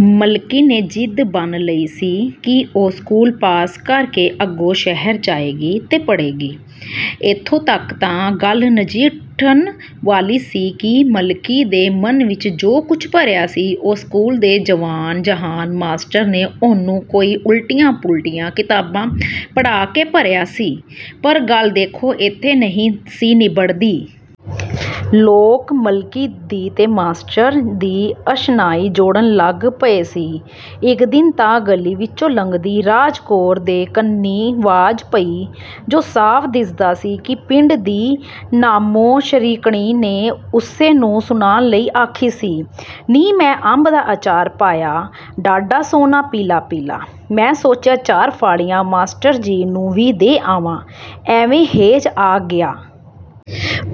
ਮਲਕੀ ਨੇ ਜ਼ਿਦ ਬੰਨ੍ਹ ਲਈ ਸੀ ਕਿ ਉਹ ਸਕੂਲ ਪਾਸ ਕਰ ਕੇ ਅੱਗੋਂ ਸ਼ਹਿਰ ਜਾਏਗੀ, ਤੇ ਪੜ੍ਹੇਗੀ। ਏਥੋਂ ਤਕ ਤਾਂ ਗੱਲ ਨਜਿੱਠਣ ਵਾਲੀ ਸੀ ਕਿ ਮਲਕੀ ਦੇ ਮਨ ਵਿਚ ਜੋ ਕੁਝ ਭਰਿਆ ਸੀ, ਉਹ ਸਕੂਲ ਦੇ ਜਵਾਨ ਜਹਾਨ ਮਾਸਟਰ ਨੇ ਉਹਨੂੰ ਕੋਈ ਉਲਟੀਆਂ ਪੁਲਟੀਆਂ ਕਿਤਾਬਾਂ ਪੜ੍ਹਾ ਕੇ ਭਰਿਆ ਸੀ, ਪਰ ਗੱਲ ਏਥੇ ਨਹੀਂ ਸੀ ਨਿੱਬੜਦੀ। ਲੋਕ ਮਲਕੀ ਦੀ ਤੇ ਮਾਸਟਰ ਦੀ ਅਸ਼ਨਾਈ ਜੋੜਨ ਲੱਗ ਪਏ ਸਨ। ਇਕ ਦਿਨ ਤਾਂ ਗਲੀ ਵਿਚੋਂ ਲੰਘਦੀ ਰਾਜ ਕੌਰ ਦੇ ਕੰਨੀਂ ਵਾਜ ਪਈ, ਜੁ ਸਾਫ਼ ਦਿਸਦਾ ਸੀ ਕਿ ਪਿੰਡ ਦੀ ਨ੍ਹਾਮੋ ਸ਼ਰੀਕਣੀ ਨੇ ਉਸੇ ਨੂੰ ਸੁਨਾਣ ਲਈ ਆਖੀ ਸੀ "ਨੀ ਮੈਂ ਅੰਬ ਦਾ ਅਚਾਰ ਪਾਇਆ, ਡਾਢਾ ਸੋਹਣਾ ਪੀਲਾ ਪੀਲਾ, ਮੈਂ ਸੋਚਿਆ ਚਾਰ ਫਾੜੀਆਂ ਮਾਸਟਰ ਜੀ ਨੂੰ ਵੀ ਦੇ ਆਵਾਂ, ਐਵੇਂ ਹੇਜ ਆ ਗਿਆ।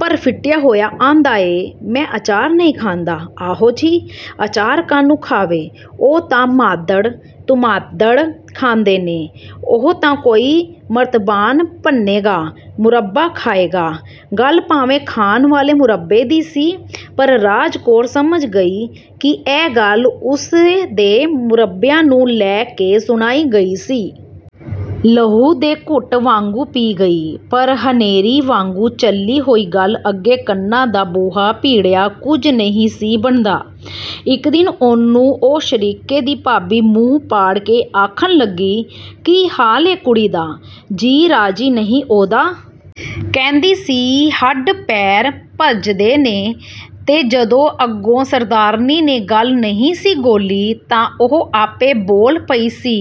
ਪਰ ਫਿਟਿਆ ਹੋਇਆ ਆਂਹਦਾ ਏ – ਮੈਂ ਅਚਾਰ ਨਹੀਂ ਖਾਂਦਾ। ਆਹੋ ਜੀ! ਅਚਾਰ ਕਾਹਨੂੰ ਖਾਵੇ, ਉਹ ਤਾਂ ਮ੍ਹਾਦੜ ਤੁਮ੍ਹਾਤੜ ਖਾਂਦੇ ਨੇ, ਉਹ ਤਾਂ ਕੋਈ ਮਰਤਬਾਨ ਭੰਨੇਗਾ, ਮੁਰੱਬਾ ਖਾਏਗਾ… " ਗੱਲ ਭਾਵੇਂ ਖਾਣ ਵਾਲੇ ਮੁਰੱਬੇ ਦੀ ਸੀ, ਪਰ ਰਾਜ ਕੌਰ ਸਮਝ ਗਈ ਕਿ ਇਹ ਗੱਲ ਉਸੇ ਦੇ ਮੁਰੱਬਿਆਂ ਨੂੰ ਲਾ ਕੇ ਸੁਣਾਈ ਗਈ ਸੀ। ਲਹੂ ਦੇ ਘੁੱਟ ਵਾਂਗੂੰ ਪੀ ਗਈ। ਪਰ ਹਨੇਰੀ ਵਾਂਗੂੰ ਚੱਲੀ ਹੋਈ ਗੱਲ ਅੱਗੇ ਕੰਨਾਂ ਦਾ ਬੂਹਾ ਭੀੜਿਆਂ ਕੁਝ ਨਹੀਂ ਸੀ ਬਣਦਾ। ਇਕ ਦਿਨ ਉਹਨੂੰ ਉਹ ਸ਼ਰੀਕੇ ਦੀ ਭਾਬੀ ਮੂੰਹ ਪਾੜ ਕੇ ਆਖਣ ਲੱਗੀ – "ਕੀ ਹਾਲ ਏ ਕੁੜੀ ਦਾ, ਜੀ ਰਾਜੀ ਨਹੀਂ ਉਹਦਾ? ਕਹਿੰਦੀ ਸੀ ਹੱਡ ਪੈਰ ਭੱਜਦੇ ਨੇ… " ਤੇ ਜਦੋਂ ਅੱਗੋਂ ਸਰਦਾਰਨੀ ਨੇ ਗੱਲ ਨਹੀਂ ਸੀ ਗੌਲੀ ਤਾਂ ਉਹ ਆਪੇ ਬੋਲ ਪਈ ਸੀ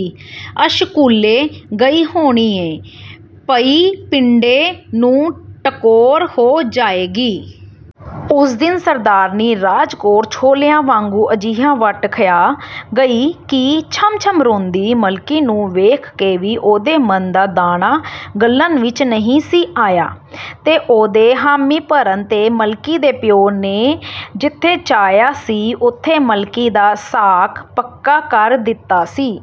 "ਅਸ਼ਕੂਲੇ ਗਈ ਹੋਣੀ ਏਂ – ਪਈ ਪਿੰਡੇ ਨੂੰ ਟਕੋਰ ਹੋ ਜਾਏਗੀ…? " ਉਸ ਦਿਨ ਸਰਦਾਰਨੀ ਰਾਜ ਕੌਰ ਛੋਲਿਆਂ ਵਾਂਗੂੰ ਅਜਿਹਾ ਵੱਟ ਖਆ ਗਈ ਕਿ ਛਮ ਛਮ ਰੋਂਦੀ ਮਲਕੀ ਨੂੰ ਵੇਖ ਕੇ ਵੀ ਉਹਦੇ ਮਨ ਦਾ ਦਾਣਾ ਗਲਣ ਵਿਚ ਨਹੀਂ ਸੀ ਆਇਆ। ਤੇ ਉਹਦੇ ਹਾਮੀ ਭਰਨ ਤੇ ਮਲਕੀ ਦੇ ਪਿਉ ਨੇ ਜਿਥੇ ਚਾਹਿਆ ਸੀ, ਉਥੇ ਮਲਕੀ ਦਾ ਸਾਕ ਪੱਕਾ ਕਰ ਦਿੱਤਾ ਸੀ।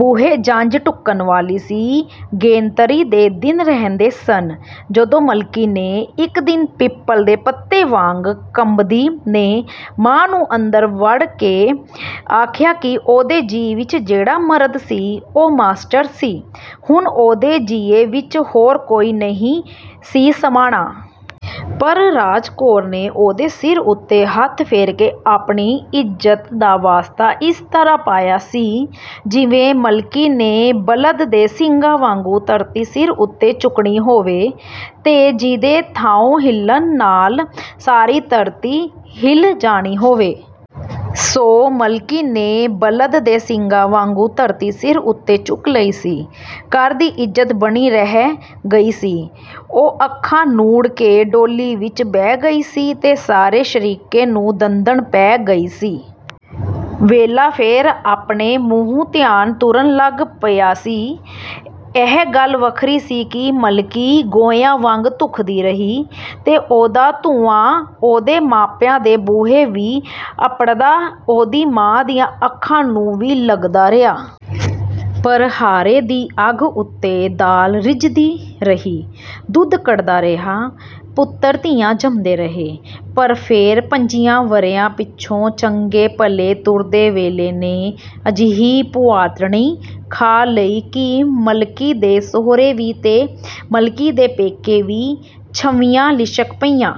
ਬੂਹੇ ਜੰਝ ਢੁੱਕਣ ਵਾਲੀ ਸੀ, ਗੇਣਤਰੀ ਦੇ ਦਿਨ ਰਹਿੰਦੇ ਸਨ, ਜਦੋਂ ਮਲਕੀ ਨੇ, ਇਕ ਦਿਨ ਪਿੱਪਲ ਦੇ ਪੱਤੇ ਵਾਂਗ ਕੰਬਦੀ ਨੇ, ਮਾਂ ਨੂੰ ਅੰਦਰ ਵੜ ਕੇ ਆਖਿਆ ਕਿ ਉਹਦੇ ਜੀਅ ਵਿਚ ਜਿਹੜਾ ਮਰਦ ਸੀ, ਉਹ ਮਾਸਟਰ ਸੀ, ਹੁਣ ਉਹਦੇ ਜੀਏ ਵਿਚ ਹੋਰ ਕੋਈ ਨਹੀਂ ਸੀ ਸਮਾਣਾ। ਪਰ ਰਾਜ ਕੌਰ ਨੇ ਉਹਦੇ ਸਿਰ ਉਤੇ ਹੱਥ ਫੇਰ ਕੇ ਆਪਣੀ ਇੱਜ਼ਤ ਦਾ ਵਾਸਤਾ ਇਸ ਤਰ੍ਹਾਂ ਪਾਇਆ ਸੀ – ਜਿਵੇਂ ਮਲਕੀ ਨੇ ਬਲਦ ਦੇ ਸਿੰਗਾਂ ਵਾਂਗੂੰ ਧਰਤੀ ਸਿਰ ਉਤੇ ਚੁੱਕਣੀ ਹੋਵੇ, ਤੇ ਜਿਹਦੇ ਥਾਉਂ ਹਿੱਲਣ ਨਾਲ ਸਾਰੀ ਧਰਤੀ ਹਿੱਲ ਜਾਣੀ ਹੋਵੇ। ਸੋ ਮਲਕੀ ਨੇ ਬਲਦ ਦੇ ਸਿੰਗਾਂ ਵਾਂਗੂੰ ਧਰਤੀ ਸਿਰ ਉਤੇ ਚੁੱਕ ਲਈ ਸੀ। ਘਰ ਦੀ ਇੱਜ਼ਤ ਬਣੀ ਰਹਿ ਗਈ ਸੀ। ਉਹ ਅੱਖਾਂ ਨੂੜ ਕੇ ਡੋਲੀ ਵਿਚ ਬਹਿ ਗਈ ਸੀ ਤੇ ਸਾਰੇ ਸ਼ਰੀਕੇ ਨੂੰ ਦੰਦਣ ਪੈ ਗਈ ਸੀ। ਵੇਲਾ ਫੇਰ ਆਪਣੇ ਮੂੰਹ ਧਿਆਨ ਤੁਰਨ ਲੱਗ ਪਿਆ ਸੀ। ਇਹ ਗੱਲ ਵੱਖਰੀ ਸੀ ਕਿ ਮਲਕੀ ਗੋਹਿਆਂ ਵਾਂਗ ਧੁਖਦੀ ਰਹੀ, ਤੇ ਉਹਦਾ ਧੂੰਆਂ ਉਹਦੇ ਮਾਪਿਆਂ ਦੇ ਬੂਹੇ ਵੀ ਅੱਪੜਦਾ ਉਹਦੀ ਮਾਂ ਦੀਆਂ ਅੱਖਾਂ ਨੂੰ ਵੀ ਲਗਦਾ ਰਿਹਾ। ਪਰ ਹਾਰੇ ਦੀ ਅੱਗ ਉੱਤੇ ਦਾਲ ਰਿਝਦੀ ਰਹੀ, ਦੁਧ ਕੜ੍ਹਦਾ ਰਿਹਾ, ਪੁੱਤਰ ਧੀਆਂ ਜੰਮਦੇ ਰਹੇ.. ਪਰ ਫੇਰ ਪੰਝੀਆਂ ਵਰ੍ਹਿਆਂ ਪਿਛੋਂ ਚੰਗੇ ਭਲੇ ਤੁਰਦੇ ਵੇਲੇ ਨੇ ਅਜਿਹੀ ਭੁਆਟਣੀ ਖਾ ਲਈ ਕਿ ਮਲਕੀ ਦੇ ਸਹੁਰੇ ਵੀ ਤੇ ਮਲਕੀ ਦੇ ਪੇਕੇ ਵੀ ਛਵ੍ਹੀਆਂ ਲਿਸ਼ਕ ਪਈਆਂ।